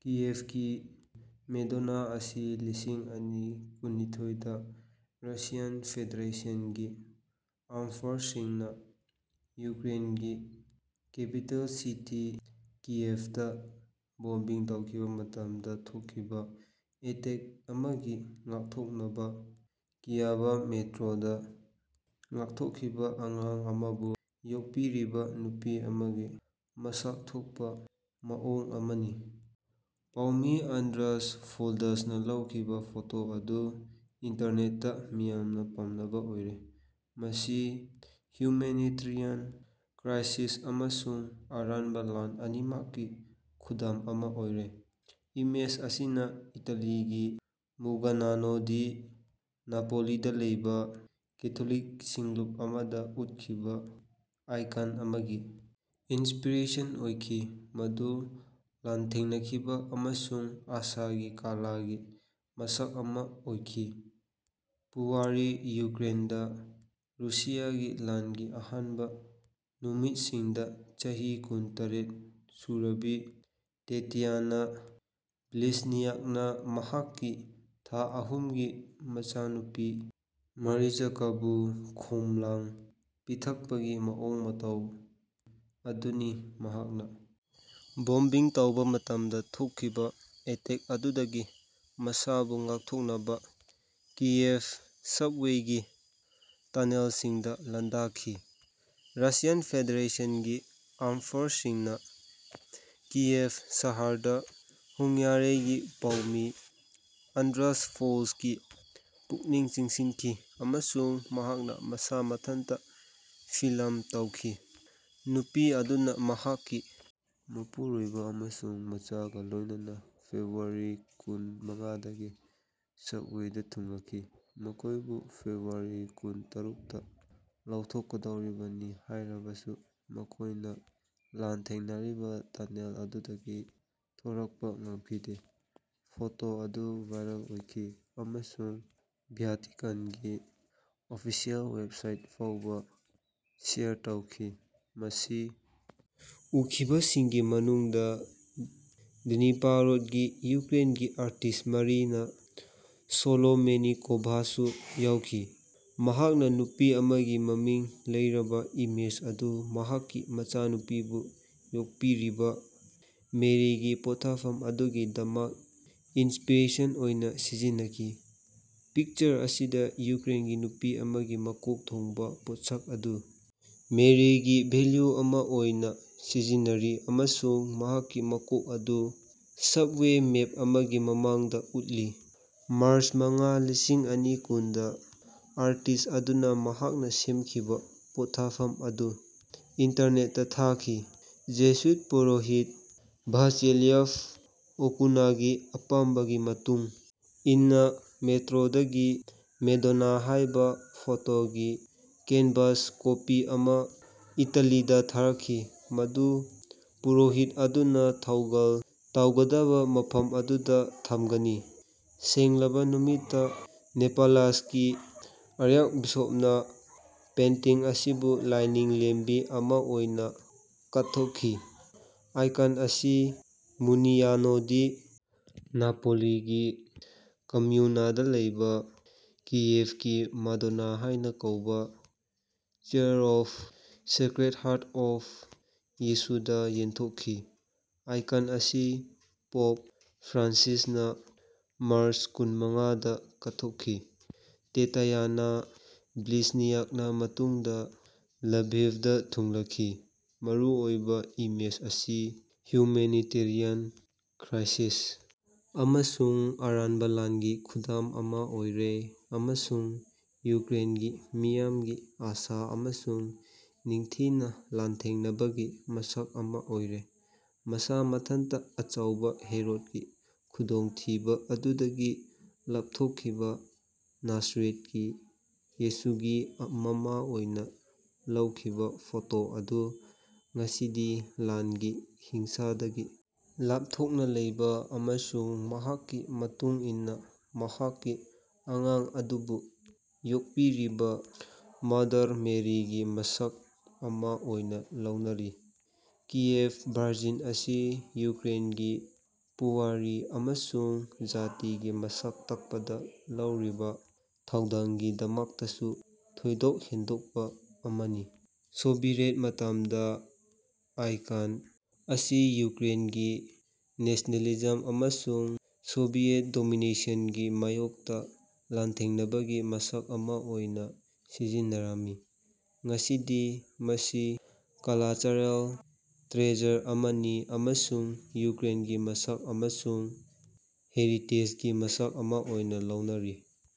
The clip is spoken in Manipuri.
ꯀꯤꯌꯦꯚꯀꯤ ꯃꯦꯗꯣꯅꯥ ꯑꯁꯤ ꯂꯤꯁꯤꯡ ꯑꯅꯤ ꯀꯨꯟꯅꯤꯊꯣꯏꯗꯥ ꯔꯁꯤꯌꯥꯟ ꯐꯦꯗꯦꯔꯦꯁꯟꯒꯤ ꯑꯥꯔꯝ ꯐꯣꯔꯁꯁꯤꯡꯅꯥ ꯌꯨꯀ꯭ꯔꯦꯟꯒꯤ ꯀꯦꯄꯤꯇꯦꯜ ꯁꯤꯇꯤ ꯀꯤꯌꯦꯚꯇꯥ ꯕꯣꯝꯕꯤꯡ ꯇꯧꯈꯤꯕꯥ ꯃꯇꯝꯗꯥ ꯊꯣꯛꯈꯤꯕꯥ ꯑꯦꯇꯦꯛ ꯑꯃꯗꯒꯤ ꯉꯥꯛꯊꯣꯛꯅꯕꯥ ꯀꯤꯌꯕ ꯃꯦꯇ꯭ꯔꯣꯗꯥ ꯉꯥꯛꯊꯣꯛꯈꯤꯕꯥ ꯑꯉꯥꯡ ꯑꯃꯕꯨ ꯌꯣꯛꯄꯤꯔꯤꯕꯥ ꯅꯨꯄꯤ ꯑꯃꯒꯤ ꯃꯁꯛ ꯊꯣꯛꯄꯥ ꯃꯑꯣꯡ ꯑꯃꯅꯤ꯫ ꯄꯥꯎꯃꯤ ꯑꯥꯟꯗ꯭ꯔꯥꯁ ꯐꯣꯜꯗꯁꯅꯥ ꯂꯧꯈꯤꯕꯥ ꯐꯣꯇꯣ ꯑꯗꯨ ꯏꯟꯇꯔꯅꯦꯠꯇꯥ ꯃꯤꯌꯥꯝꯅꯥ ꯄꯥꯝꯅꯕꯥ ꯑꯣꯏꯔꯦ꯫ ꯃꯁꯤ ꯍ꯭ꯌꯨꯃꯦꯅꯤꯇꯔꯤꯌꯥꯟ ꯀ꯭ꯔꯥꯏꯁꯤꯁ ꯑꯃꯁꯨꯡ ꯑꯔꯥꯟꯕꯥ ꯂꯥꯟ ꯑꯅꯤꯃꯛꯀꯤ ꯈꯨꯗꯝ ꯑꯃꯥ ꯑꯣꯏꯔꯦ꯫ ꯏꯃꯦꯖ ꯑꯁꯤꯅꯥ ꯏꯇꯥꯂꯤꯒꯤ ꯃꯨꯒꯅꯥꯅꯣ ꯗꯤ ꯅꯥꯄꯣꯂꯤꯗꯥ ꯂꯩꯕꯥ ꯀꯦꯊꯣꯂꯤꯛ ꯁꯤꯡꯂꯨꯞ ꯑꯃꯗꯥ ꯎꯠꯈꯤꯕꯥ ꯑꯥꯏꯀꯟ ꯑꯃꯒꯤ ꯏꯟꯁꯄꯤꯔꯦꯁꯟ ꯑꯣꯏꯈꯤ ꯃꯗꯨ ꯂꯥꯟꯊꯦꯡꯅꯈꯤꯕꯥ ꯑꯃꯁꯨꯡ ꯑꯥꯁꯥꯒꯤ ꯀꯂꯥꯒꯤ ꯃꯁꯛ ꯑꯃꯥ ꯑꯣꯏꯈꯤ꯫ ꯄꯨꯋꯥꯔꯤ ꯌꯨꯀ꯭ꯔꯦꯟꯗꯥ ꯔꯨꯁꯤꯌꯥꯒꯤ ꯂꯥꯟꯒꯤ ꯑꯍꯥꯟꯕꯥ ꯅꯨꯃꯤꯠꯁꯤꯡꯗꯥ ꯆꯍꯤ ꯀꯨꯟ ꯇꯔꯦꯠ ꯁꯨꯔꯕꯤ ꯇꯦꯇꯤꯌꯥꯅꯥ ꯕ꯭ꯂꯤꯖꯅꯤꯌꯥꯛꯅꯥ ꯃꯍꯥꯛꯀꯤ ꯊꯥ ꯑꯍꯨꯝꯒꯤ ꯃꯆꯥꯅꯨꯄꯤ ꯃꯔꯤꯆꯀꯥꯕꯨ ꯈꯣꯝꯂꯥꯡ ꯄꯤꯊꯛꯄꯒꯤ ꯃꯑꯣꯡ ꯃꯇꯧ ꯑꯗꯨꯅꯤ ꯃꯍꯥꯛꯅꯥ ꯕꯣꯝꯕꯤꯡ ꯇꯧꯕꯥ ꯃꯇꯝꯗꯥ ꯊꯣꯛꯈꯤꯕꯥ ꯑꯦꯇꯦꯛ ꯑꯗꯨꯗꯒꯤ ꯃꯁꯥꯕꯨ ꯉꯥꯛꯊꯣꯛꯅꯕꯥ ꯀꯤꯌꯦꯚ ꯁꯕꯋꯦꯒꯤ ꯇꯅꯦꯜꯁꯤꯡꯗꯥ ꯂꯥꯟꯗꯥꯈꯤ꯫ ꯔꯁꯤꯌꯥꯟ ꯐꯦꯗꯦꯔꯦꯁꯟꯒꯤ ꯑꯥꯔꯝ ꯐꯣꯔꯁꯁꯤꯡꯅꯥ ꯀꯤꯌꯦꯚ ꯁꯍꯔꯗꯥ ꯍꯨꯉ꯭ꯒꯥꯔꯩꯒꯤ ꯄꯥꯎꯃꯤ ꯑꯥꯟꯗ꯭ꯔꯥꯁ ꯐꯣꯜꯗꯁꯀꯤ ꯄꯨꯛꯅꯤꯡ ꯆꯤꯡꯁꯤꯟꯈꯤ ꯑꯃꯁꯨꯡ ꯃꯍꯥꯛꯅꯥ ꯃꯁꯥ ꯃꯊꯟꯇꯥ ꯐꯤꯂꯝ ꯇꯧꯈꯤ꯫ ꯅꯨꯄꯤ ꯑꯗꯨꯅꯥ ꯃꯍꯥꯛꯀꯤ ꯃꯄꯨꯔꯣꯏꯕꯥ ꯑꯃꯁꯨꯡ ꯃꯆꯥꯒꯥ ꯂꯣꯏꯅꯅꯥ ꯐꯦꯕ꯭ꯔꯨꯋꯥꯔꯤ ꯀꯨꯟ ꯃꯉꯥꯗꯒꯤ ꯁꯕꯋꯦꯗꯥ ꯊꯨꯡꯂꯈꯤ ꯃꯈꯣꯏꯕꯨ ꯐꯦꯕ꯭ꯔꯨꯋꯥꯔꯤ ꯀꯨꯟ ꯇꯔꯨꯛꯇꯥ ꯂꯧꯊꯣꯛꯛꯗꯧꯔꯤꯕꯅꯤ ꯍꯥꯏꯔꯕꯁꯨ ꯃꯈꯣꯏꯅꯥ ꯂꯥꯟꯊꯦꯡꯅꯔꯤꯕꯥ ꯇꯅꯦꯜ ꯑꯗꯨꯗꯒꯤ ꯊꯣꯔꯛꯄꯥ ꯉꯝꯈꯤꯗꯦ꯫ ꯐꯣꯇꯣ ꯑꯗꯨ ꯚꯥꯏꯔꯜ ꯑꯣꯏꯈꯤ ꯑꯃꯁꯨꯡ ꯚ꯭ꯌꯥꯇꯤꯀꯥꯟꯒꯤ ꯑꯣꯐꯤꯁꯤꯑꯦꯜ ꯋꯦꯕꯁꯥꯏꯠ ꯐꯥꯎꯕꯥ ꯁꯦꯌꯔ ꯇꯧꯈꯤ꯫ ꯃꯁꯤ ꯎꯈꯤꯕꯁꯤꯡꯒꯤ ꯃꯅꯨꯡꯗꯥ ꯗ꯭ꯅꯤꯄꯔꯣꯗꯒꯤ ꯌꯨꯀ꯭ꯔꯦꯟꯒꯤ ꯑꯥꯔꯇꯤꯁ꯭ꯠ ꯃꯔꯤꯅꯥ ꯁꯣꯂꯣꯃꯦꯅꯤꯀꯣꯚꯥꯁꯨ ꯌꯥꯎꯈꯤ꯫ ꯃꯍꯥꯛꯅꯥ ꯅꯨꯄꯤ ꯑꯃꯒꯤ ꯃꯃꯤꯡ ꯂꯩꯔꯕꯥ ꯏꯃꯦꯖ ꯑꯗꯨ ꯃꯍꯥꯛꯀꯤ ꯃꯆꯥꯅꯨꯄꯤꯕꯨ ꯌꯣꯛꯄꯤꯔꯤꯕꯥ ꯃꯦꯔꯤꯒꯤ ꯄꯣꯠꯊꯥꯐꯝ ꯑꯗꯨꯒꯤꯗꯃꯛ ꯏꯟꯁꯄꯤꯔꯦꯁꯟ ꯑꯣꯏꯅꯥ ꯁꯤꯖꯤꯟꯅꯈꯤ꯫ ꯄꯤꯛꯆꯔ ꯑꯁꯤꯗꯥ ꯌꯨꯀ꯭ꯔꯦꯟꯒꯤ ꯅꯨꯄꯤ ꯑꯃꯒꯤ ꯃꯀꯣꯛ ꯊꯣꯡꯕꯥ ꯄꯣꯠꯁꯛ ꯑꯗꯨ ꯃꯦꯔꯤꯒꯤ ꯚꯦꯂ꯭ꯌꯨ ꯑꯃꯥ ꯑꯣꯏꯅꯥ ꯁꯤꯖꯤꯟꯅꯔꯤ ꯑꯃꯁꯨꯡ ꯃꯍꯥꯛꯀꯤ ꯃꯀꯣꯛ ꯑꯗꯨ ꯁꯕꯋꯦ ꯃꯦꯞ ꯑꯃꯒꯤ ꯃꯃꯥꯡꯗꯥ ꯎꯠꯂꯤ꯫ ꯃꯥꯔꯆ ꯃꯉꯥ ꯂꯤꯁꯤꯡ ꯑꯅꯤ ꯀꯨꯟꯗꯥ ꯑꯥꯔꯇꯤꯁ꯭ꯠ ꯑꯗꯨꯅꯥ ꯃꯍꯥꯛꯅꯥ ꯁꯦꯝꯈꯤꯕꯥ ꯄꯣꯠꯊꯥꯐꯝ ꯑꯗꯨ ꯏꯟꯇꯔꯅꯦꯠꯇꯥ ꯊꯥꯈꯤ꯫ ꯖꯦꯁꯨꯏꯠ ꯄꯨꯔꯣꯍꯤꯠ ꯚ꯭ꯌꯥꯆꯦꯁ꯭ꯂꯥꯚ ꯑꯣꯀꯨꯅꯒꯤ ꯑꯄꯥꯝꯕꯒꯤ ꯃꯇꯨꯡ ꯏꯟꯅꯥ ꯃꯦꯇ꯭ꯔꯣꯗꯒꯤ ꯃꯦꯗꯣꯅꯥ ꯍꯥꯏꯕꯥ ꯐꯣꯇꯣꯒꯤ ꯀꯦꯟꯚꯥꯁ ꯀꯣꯄꯤ ꯑꯃꯥ ꯏꯇꯥꯂꯤꯗꯥ ꯊꯥꯔꯛꯈꯤ ꯃꯗꯨ ꯄꯨꯔꯣꯍꯤꯠ ꯑꯗꯨꯅꯥ ꯊꯧꯒꯜ ꯇꯧꯒꯗꯕꯥ ꯃꯐꯝ ꯑꯗꯨꯗꯥ ꯊꯝꯒꯅꯤ꯫ ꯁꯦꯡꯂꯕꯥ ꯅꯨꯃꯤꯠꯇꯥ ꯅꯦꯄꯂꯁꯀꯤ ꯑꯥꯔ꯭ꯛꯕꯤꯁꯣꯞꯅꯥ ꯄꯦꯟꯇꯤꯡ ꯑꯁꯤꯕꯨ ꯂꯥꯏꯅꯤꯡ ꯂꯝꯕꯤ ꯑꯃꯥ ꯑꯣꯏꯅꯥ ꯀꯠꯊꯣꯛꯈꯤ꯫ ꯑꯥꯏꯀꯟ ꯑꯁꯤ ꯃꯨꯅꯤꯌꯥꯅꯣ ꯗꯤ ꯅꯥꯄꯣꯂꯤꯒꯤ ꯀꯝꯃ꯭ꯌꯨꯅꯗꯥ ꯂꯩꯕꯥ ꯀꯤꯌꯦꯚꯀꯤ ꯃꯗꯣꯅꯥ ꯍꯥꯏꯅꯥ ꯀꯧꯕꯥ church of sacred heart of ꯌꯤꯁꯨꯗꯥ ꯌꯦꯟꯊꯣꯛꯈꯤ꯫ ꯑꯥꯏꯀꯟ ꯑꯁꯤ ꯄꯣꯞ ꯐ꯭ꯔꯥꯟꯁꯤꯁꯅꯥ ꯃꯥꯔꯆ ꯀꯨꯟ ꯃꯉꯥ ꯗꯥ ꯀꯠꯊꯣꯛꯈꯤ꯫ ꯇꯦꯇꯌꯥꯅꯥ ꯕ꯭ꯂꯤꯖꯅꯤꯌꯥꯛꯅꯥ ꯃꯇꯨꯡꯗꯥ ꯂꯚꯤꯚꯗꯥ ꯊꯨꯡꯂꯈꯤ꯫ ꯃꯔꯨꯑꯣꯏꯕ ꯏꯃꯦꯖ ꯑꯁꯤ ꯍ꯭ꯌꯨꯃꯦꯅꯤꯇꯔꯤꯌꯥꯟ ꯀ꯭ꯔꯥꯏꯁꯤꯁ ꯑꯃꯁꯨꯡ ꯑꯔꯥꯟꯕꯥ ꯂꯥꯟꯒꯤ ꯈꯨꯗꯝ ꯑꯃꯥ ꯑꯣꯏꯔꯦ ꯑꯃꯁꯨꯡ ꯌꯨꯀ꯭ꯔꯦꯟꯒꯤ ꯃꯤꯌꯥꯝꯒꯤ ꯑꯥꯁꯥ ꯑꯃꯁꯨꯡ ꯅꯤꯡꯊꯤꯅꯥ ꯂꯥꯟꯊꯦꯡꯅꯕꯒꯤ ꯃꯁꯛ ꯑꯃꯥ ꯑꯣꯏꯔꯦ꯫ ꯃꯁꯥ ꯃꯊꯟꯇꯥ ꯑꯆꯧꯕꯥ ꯍꯦꯔꯣꯗꯀꯤ ꯈꯨꯗꯣꯡꯊꯤꯕꯥ ꯑꯗꯨꯗꯒꯤ ꯂꯥꯞꯊꯣꯀꯈꯤꯕꯥ ꯅꯥꯖꯔꯦꯠꯀꯤ ꯌꯤꯁꯨꯒꯤ ꯃꯃꯥ ꯑꯣꯏꯅꯥ ꯂꯧꯈꯤꯕꯥ ꯐꯣꯇꯣ ꯑꯗꯨ ꯉꯁꯤꯗꯤ ꯂꯥꯟꯒꯤ ꯍꯤꯡꯁꯥꯗꯒꯤ ꯂꯥꯞꯊꯣꯛꯅꯥ ꯂꯩꯕꯥ ꯑꯃꯁꯨꯡ ꯃꯍꯥꯛꯀꯤ ꯃꯇꯨꯡ ꯏꯟꯅꯥ ꯃꯍꯥꯛꯀꯤ ꯑꯉꯥꯡ ꯑꯗꯨꯕꯨ ꯌꯣꯛꯄꯤꯔꯤꯕꯥ ꯃꯣꯗꯔꯟ ꯃꯦꯔꯤꯒꯤ ꯃꯁꯛ ꯑꯃꯥ ꯑꯣꯏꯅꯥ ꯂꯧꯅꯔꯤ꯫ ꯀꯤꯌꯦꯚ ꯚꯔꯖꯤꯟ ꯑꯁꯤ ꯌꯨꯀ꯭ꯔꯦꯟꯒꯤ ꯄꯨꯋꯥꯔꯤ ꯑꯃꯁꯨꯡ ꯖꯥꯇꯤꯒꯤ ꯃꯁꯛ ꯇꯥꯛꯄꯗꯥ ꯂꯧꯔꯤꯕꯥ ꯊꯧꯗꯥꯡꯒꯤꯗꯃꯛꯇꯁꯨ ꯊꯣꯏꯗꯣꯛ ꯍꯦꯟꯗꯣꯛꯄꯥ ꯑꯃꯅꯤ꯫ ꯁꯣꯚꯤꯌꯦꯠ ꯃꯇꯝꯗꯥ ꯑꯥꯏꯀꯟ ꯑꯁꯤ ꯌꯨꯀ꯭ꯔꯦꯟꯒꯤ ꯅꯦꯁꯅꯦꯂꯤꯖꯝ ꯑꯃꯁꯨꯡ ꯁꯣꯚꯤꯌꯦꯠ ꯗꯣꯃꯤꯅꯦꯁꯟꯒꯤ ꯃꯥꯌꯣꯛꯇꯥ ꯂꯥꯟꯊꯦꯡꯅꯕꯒꯤ ꯃꯁꯛ ꯑꯃꯥ ꯑꯣꯏꯅꯥ ꯁꯤꯖꯤꯟꯅꯔꯝꯃꯤ꯫ ꯉꯁꯤꯗꯤ ꯃꯁꯤ ꯀꯂꯆꯔꯦꯜ ꯇ꯭ꯔꯦꯖꯔ ꯑꯃꯅꯤ ꯑꯃꯁꯨꯡ ꯌꯨꯀ꯭ꯔꯦꯟꯒꯤ ꯃꯁꯛ ꯑꯃꯁꯨꯡ ꯍꯦꯔꯤꯇꯦꯖꯒꯤ ꯃꯁꯛ ꯑꯃꯥ ꯑꯣꯏꯅꯥ ꯂꯧꯅꯔꯤ꯫